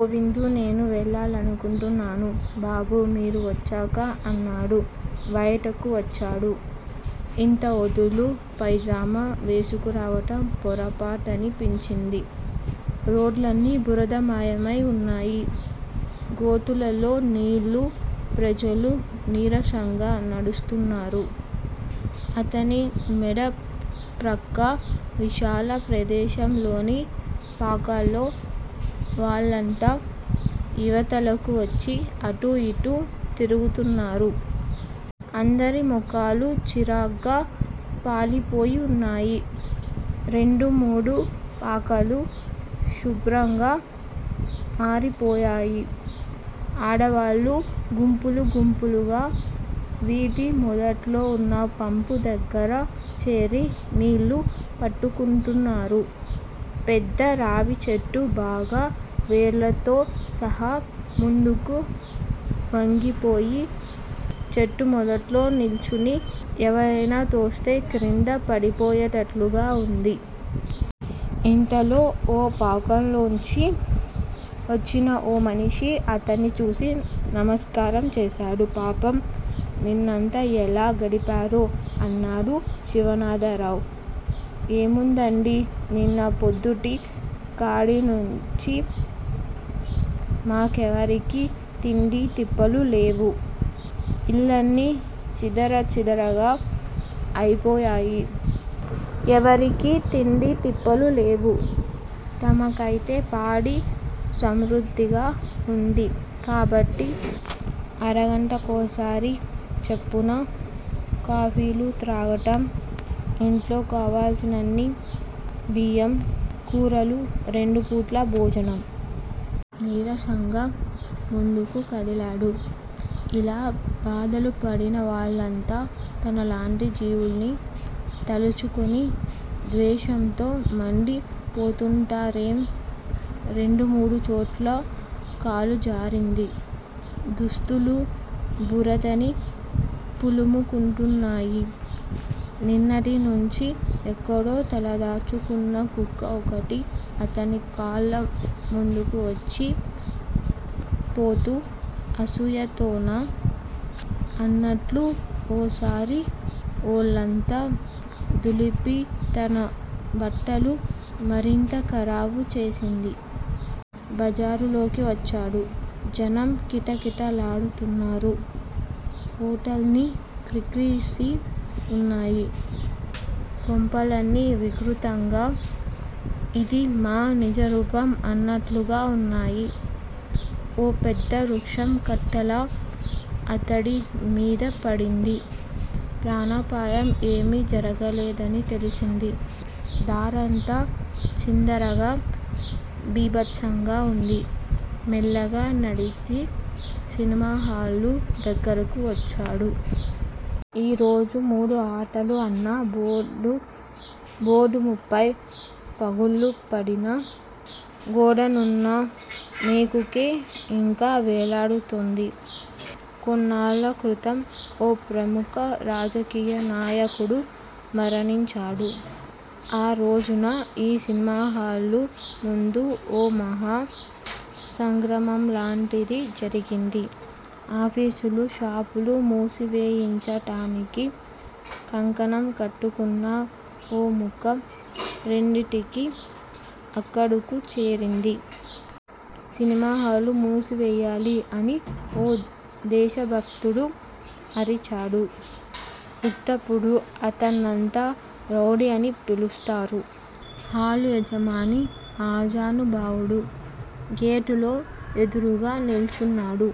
గోవిందు నేనూ వెళ్ళాలనుకుంటున్నాను బాబూ- మీరు వచ్చాక అన్నాడు. బయటకు వచ్చాడు. ఇంత ఒదులు పైజామా వేసుకురావటం పొరపాటని పించింది. రోడ్లన్నీ బురదమయమై వున్నాయి. గోతులలో నీళ్ళు, ప్రజలు నీరసంగా నడుస్తున్నారు. అతని మేడ ప్రక్క విశాల ప్రదేశంలోని పాకల్లో వాళ్ళంతా యివతలకు వచ్చి అటూ యిటూ తిరుగుతున్నారు. అందరి ముఖాలు చిరాగ్గా పాలిపోయి వున్నాయి. రెండు మూడు పాకలు శుభ్రంగా మారిపోయాయి. ఆడవాళ్ళు గుంపులు గుంపులుగా వీధి మొదట్లోవున్న పంపు దగ్గర చేరి నీళ్ళు పట్టుకుంటున్నారు. పెద్ద రావిచెట్టు బాగా, వ్రేళ్ళతో సహా ముందుకు వంగిపోయి, చెట్టు మొదట్లో నిల్చుని, ఎవరైనా తోస్తే క్రింద పడిపోయేటట్లుగా వుంది. ఇంతలో ఓ పాకలోంచి వచ్చిన ఓ మనిషి అతన్ని చూసి నమస్కారం చేశాడు. పాపం! నిన్నంతా ఎలా గడిపారో! అన్నాడు శివనాథరావు. ఏముందండీ? నిన్న పొద్దుటి కాడినుంచీ మాకెవరికీ తిండీ తిప్పలూ లేవు. ఇళ్ళన్నీ చీదర చీదరగా అయిపోయాయి. ఎవరికీ తిండీతిప్పలు లేవు. తమకైతే పాడి సమృద్దిగా వుంది కాబట్టి అరగంటకోసారి చొప్పున కాఫీలు త్రాగటం, ఇంట్లో కావలసినన్ని బియ్యం, కూరలు రెండు పూట్లా భోజనం. నీరసంగా ముందుకు కదిలాడు. ఇలా బాధలు పడినవాళ్ళంతా తనలాంటి జీవుల్ని తలుచుకుని ద్వేషంతో మండి పోతుంటారేమో! రెండు మూడు చోట్ల కాలు జారింది. దుస్తులు బురదని పులుముకుంటున్నాయి. నిన్నటి నుంచీ ఎక్కడో తలదాచుకున్న కుక్క ఒకటి అతని కాళ్ళ ముందు నుంచి పోతూ, అసూయతోనా అన్నట్లు ఓసారి ఒళ్ళంతా దులిపి తన బట్టలు మరింత ఖరాబు చేసింది. బజారులోకి వచ్చాడు. జనం కిటకిటలాడుతున్నారు. హోటళ్ళన్నీ క్రిక్కిరిసి వున్నాయి. కొంపలన్నీ వికృతంగా, ఇది మా నిజరూపం అన్నట్లుగా వున్నాయి. ఓ పెద్ద వృక్షం కట్టెల అతడి మీద పడింది. ప్రాణాపాయం ఏమీ జరగలేదని తెలిసింది. దారంతా చీదరగా, భీబత్సంగా వుంది. మెల్లిగా నడిచి సినిమాహాలు దగ్గరకు వచ్చాడు. ఈ రోజు మూడు ఆటలు అన్న బోర్డు ముఫ్ఫై పగుళ్ళు పడినా, గోడనున్న మేకుకే యింకా వ్రేలాడుతోంది. కొన్నాళ్ళ క్రితం ఓ ప్రముఖ రాజకీయ నాయకుడు మరణించాడు. ఆ రోజుణ యీ సినిమాహాలు ముందు ఓ మహా సంగ్రామంలాంటిది జరిగింది. ఆఫీసులూ, షాపులూ మూసివేయించటానికి కంకణం కట్టుకున్న ఓ మూక రెండింటికీ అక్కడకు చేరింది. సినిమాహాలు మూసివెయ్యాలి అని ఓ దేశభక్తుడు అరిచాడు. ఉత్తప్పుడు అతన్నంతా రౌడీ అని పిలుస్తారు. హాలు యజమాని ఆజానుబాహుడు. గేటులో ఎదురుగా నిల్చున్నాడు.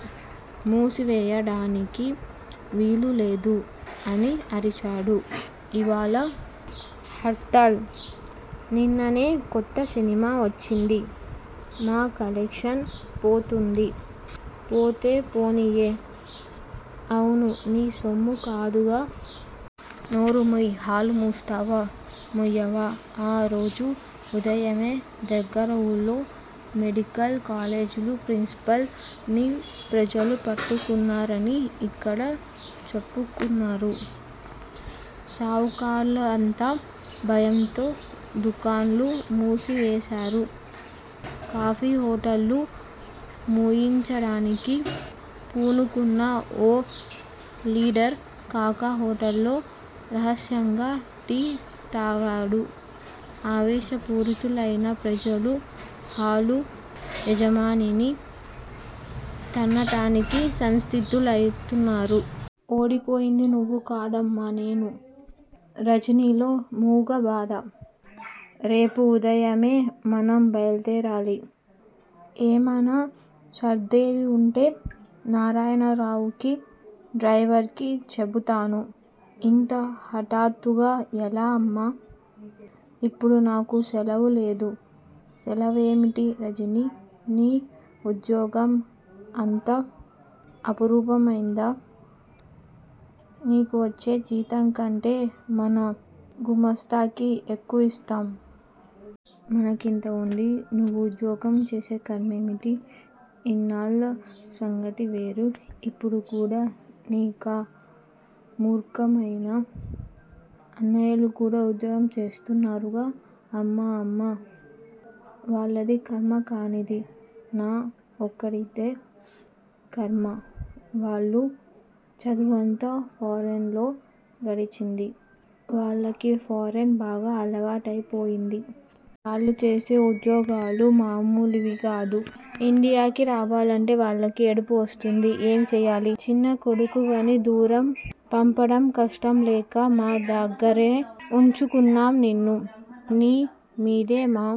మూసివేయడానికి వీలులేదు అని అరిచాడు. ఇవాళ హర్తాళ్. నిన్ననే కొత్త సినిమా వచ్చింది. మా కలెక్షన్ పోతుంది. పోతే పోనియ్యి. అవును నీ సొమ్ము కాదుగా. నోరు ముయ్యి హాలు మూస్తావా, ముయ్యవా? ఆరోజు ఉదయమే దగ్గర ఊళ్ళో మెడికల్ కాలేజి ప్రిన్సిపాల్ ని ప్రజలు పట్టుకున్నారని యిక్కడ చెప్పుకున్నారు. షావుకార్లంతా భయంతో దుకాణాలు మూసివేశారు. కాఫీ హోటళ్ళు మూయించడానికి పూనుకున్న ఓ లీడరు కాకా హోటల్లో రహస్యంగా టీ త్రాగాడు. ఆవేశపూరితులైన ప్రజలు హాలు యజమానిని తన్నటానికి సంసిద్దులౌతున్నారు. ఓడిపోయింది నువ్వు కాదమ్మా! నేను. రజనీలో మూగ బాధ. రేపు వుదయమే మనం బయల్దేరాలి! ఏమానా సర్దేవివుంటే నారాయణరావుకీ, డ్రైవరుకీ చెబుతాను. ఇంత హఠాత్తుగా ఎలా, అమ్మా? ఇప్పుడు నాకు సెలవులేదు. సెలవేమిటి, రజనీ? నీ ఉద్యోగం అంత అపురూపమైందా? నీకు వచ్చే జీతంకంటే మన గుమాస్తాకి ఎక్కువిస్తున్నాం. మనకింత వుండి నువ్వు ఉద్యోగం చేసే ఖర్మేమిటి? ఇన్నాళ్ళ సంగతి వేరు! ఇప్పుడు కూడా నీకా మూర్ఖమేనా? అన్నయ్యలు కూడా ఉద్యోగం చేస్తున్నారుగా, అమ్మా? అమ్మా? వాళ్లది ఖర్మ కానిది నా ఒక్కడిదే ఖర్మా? వాళ్ల చదువంతా ఫారిన్ లో గడిచింది. వాళ్లకి ఫారిన్ బాగా అలవాటైపోయింది. వాళ్లు చేసే ఉద్యోగాలు మామూలివి కాదు! ఇండియాకి రావాలంటే వాళ్లకి ఏడుపు వస్తుంది. ఏం చేయాలి? చిన్న కొడుకువని దూరం పంపడం ఇష్టంలేక మా దగ్గరే వుంచుకొన్నాం నిన్ను. నీ మీదే మా